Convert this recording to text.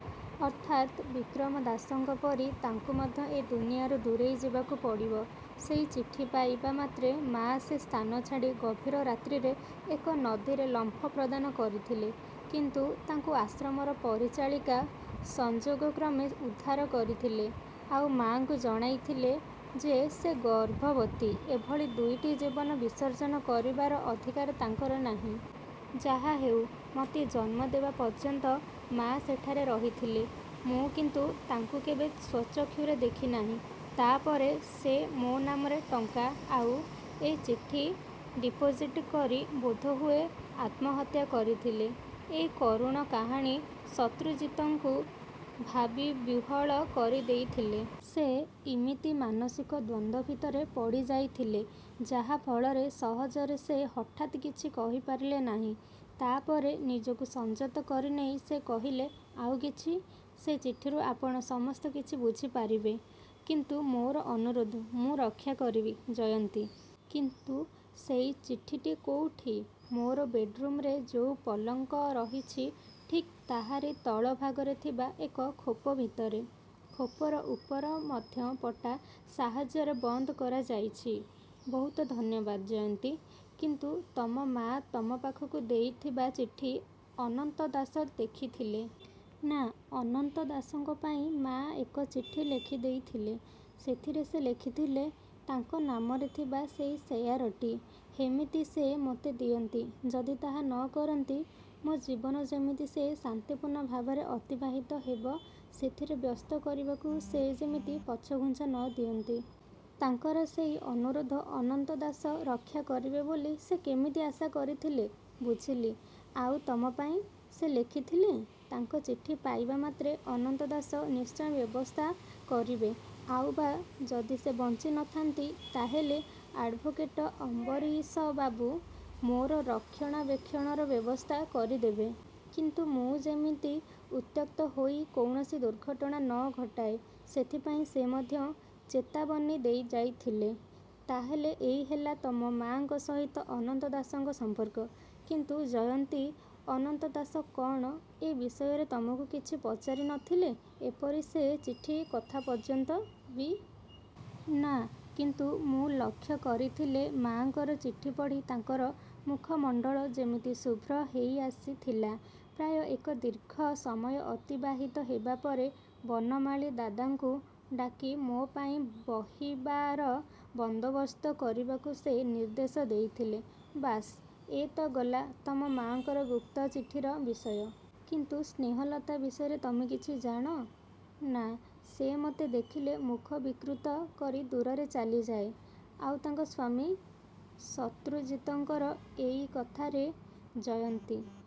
ଅର୍ଥାତ୍ ବିକ୍ରମ ଦାସଙ୍କ ପରି ତାଙ୍କୁ ମଧ୍ୟ ଏ ଦୁନିଆରୁ ଦୂରେଇଯିବାକୁ ପଡ଼ିବ। ସେଇ ଚିଠି ପାଇବା ମାତ୍ରେ ମାଆ ସେ ସ୍ଥାନ ଛାଡ଼ି ଗଭୀର ରାତ୍ରିରେ ଏକ ନଦୀରେ ଲମ୍ଫ ପ୍ରଦାନ କରିଥିଲେ। କିନ୍ତୁ ତାଙ୍କୁ ଆଶ୍ରମର ପରିଚାଳିକା ସଂଯୋଗକ୍ରମେ ଉଦ୍ଧାର କରିଥିଲେ, ଆଉ ମାଆଙ୍କୁ ଜଣାଇଥିଲେ ଯେ ସେ ଗର୍ଭବତୀ; ଏଭଳି ଦୁଇଟି ଜୀବନ ବିସର୍ଜନ କରିବାର ଅଧିକାର ତାଙ୍କର ନାହିଁ। 'ଯାହାହେଉ, ମୋତେ ଜନ୍ମ ଦେବା ପର୍ଯ୍ୟନ୍ତ ମାଆ ସେଠାରେ ରହିଥିଲେ। ମୁଁ କିନ୍ତୁ ତାଙ୍କୁ କେବେ ସ୍ୱଚକ୍ଷୁରେ ଦେଖିନାହିଁ। ତା ପରେ ସେ ମୋ ନାମରେ ଟଙ୍କା ଆଉ ଏଇ ଚିଠି ଡିପୋଜିଟ କରି ବୋଧହୁଏ ଆତ୍ମହତ୍ୟା କରିଥିଲେ। ' ଏଇ କରୁଣ କାହାଣୀ ଶତ୍ରୁଜିତଙ୍କୁ ଭାବିବିହ୍ୱଳ କରିଦେଇଥିଲେ। ସେ ଇମିତି ମାନସିକ ଦ୍ୱନ୍ଦ୍ୱ ଭିତରେ ପଡ଼ିଯାଇଥିଲେ, ଯାହା ଫଳରେ ସହଜରେ ସେ ହଠାତ୍ କିଛ କହି ପାରିଲେ ନାହିଁ। ତା'ପରେ ନିଜକୁ ସଂଯତ କରିନେଇ ସେ କହିଲେ, 'ଆଉ କିଛି? ' 'ସେଇ ଚିଠିରୁ ଆପଣ ସସସ୍ତ କିଛି ବୁଝିପାରିବେ। କିନ୍ତୁ ମୋର ଅନୁରୋଧ' 'ମୁଁ ରକ୍ଷା କରିବି, ଜୟନ୍ତୀ! କିନ୍ତୁ ସେଇ ଚିଠିଟି କୋଉଠି? ' 'ମୋର ବେଡ଼୍ରୁମରେ ଯୋଉ ପଲଙ୍କ ରହିଛି ଠିକ୍ ତାହାରି ତଳଭାଗରେ ଥିବା ଏକ ଖୋପ ଭିତରେ। ଖୋପର ଉପର ମଧ୍ୟ ପଟା ସାହାଯ୍ୟରେ ବନ୍ଦ କରାଯାଇଛି। ' 'ବହୁତ ଧନ୍ୟବାଦ, ଜୟନ୍ତୀ! କିନ୍ତୁ ତମ ମାଆ ତମ ପାଖକୁ ଦେଇଥିବା ଚିଠି ଅନନ୍ତ ଦାସ ଦେଖିଥିଲେ? ' 'ନା ଅନନ୍ତ ଦାସଙ୍କ ପାଇଁ ମାଆ ଏକ ଚିଠି ଲେଖିଦେଇଥିଲେ। ସେଥିରେ ସେ ଲେଖିଥିଲେ, ତାଙ୍କ ନାମରେ ଥିବା ସେଇ ସେୟାରଟି ହେମିତି ସେ ମୋତେ ଦିଅନ୍ତି। ଯଦି ତାହା ନ କରନ୍ତି ମୋ ଜୀବନ ଯେମିତି ସେ ଶାନ୍ତିପୂର୍ଣ୍ଣ ଭାବରେ ଅତିବାହିତ ହେବ ସେଥିରେ ବ୍ୟବସ୍ଥା କରିବାକୁ ସେ ଯେମିତି ପଛଘୁଞ୍ଚା ନ ଦିଅନ୍ତି। ' 'ତାଙ୍କର ସେଇ ଅନୁରୋଧ ଅନନ୍ତ ଦାସ ରକ୍ଷା କରିବେ ବୋଲି ସେ କେମିତି ଆଶା କରିଥିଲେ? ' 'ବୁଝିଲି। ଆଉ ତମ ପାଇଁ' 'ସେ ଲେଖିଥିଲେ, ତାଙ୍କ ଚିଠି ପାଇବା ମାତ୍ରେ ଅନନ୍ତ ଦାସ ନିଶ୍ଚୟ ବ୍ୟବସ୍ଥା କରିବେ, ଆଉ ବା ଯଦି ସେ ବଞ୍ଚି ନ ଥାଆନ୍ତି ତା ହେଲେ ଆଡ଼ଭୋକେଟ ଅମ୍ବରୀଶବାବୁ ମୋର ରକ୍ଷଣାବେକ୍ଷଣର ବ୍ୟବସ୍ଥା କରିଦେବେ। କିନ୍ତୁ ମୁଁ ଯେମିତି ଉତ୍ତ୍ୟକ୍ତ ହୋଇ କୌଣସି ଦୁର୍ଘଟଣା ନ ଘଟାଏ, ସେଥିପାଇଁ ସେ ମଧ୍ୟ ଚେତାବନୀ ଦେଇଯାଇଥିଲେ। ' 'ତା ହେଲେ ଏଇ ହେଲା ତମ ମାଆଙ୍କ ସହିତ ଅନନ୍ତ ଦାସଙ୍କର ସଂପର୍କ? କିନ୍ତୁ ଜୟନ୍ତୀ, ଅନନ୍ତ ଦାସ କଣ ଏ ବିଷୟରେ ତମକୁ କିଛି ପଚାରି ନ ଥିଲେଏପରିକି ସେ ଚିଠି କଥା ପର୍ଯ୍ୟନ୍ତ ବି? ' 'ନା। କିନ୍ତୁ ମୁଁ ଲକ୍ଷ୍ୟ କରିଥିଲେ, ମାଆଙ୍କର ଚିଠି ପଢ଼ି ତାଙ୍କର ମୁଖମଣ୍ଡଳ ଯେମିତି ଶୁଭ୍ର ହେଇଆସିଥିଲା। ପ୍ରାୟ ଏକ ଦୀର୍ଘ ସମୟ ଅତିବାହିତ ହେବା ପରେ ବନମାଳୀ ଦାଦାଙ୍କୁ ଡାକି ମୋ ପାଇଁ ବହିବାର ବନ୍ଦୋବସ୍ତ କରିବାକୁ ସେ ନିର୍ଦ୍ଦେଶ ଦେଇଥିଲେ। ' 'ବାସ୍, ଏ ତ ଗଲା ତମ ମାଆଙ୍କର ଗୁପ୍ତ ଚିଠିର ବିଷୟ। କିନ୍ତୁ ସ୍ନେହଲତା ବିଷୟରେ ତମେ କିଛି ଜାଣ? ' ''ନା, ସେ ମୋତେ ଦେଖିଲେ ମୁଖ ବିକୃତ କରି ଦୂରକୁ ଚାଲିଯାଏ। ' 'ଆଉ ତାଙ୍କ ସ୍ୱାମୀ? ' ଶତ୍ରୁଜିତଙ୍କର ଏଇ କଥାରେ ଜୟନ୍ତୀ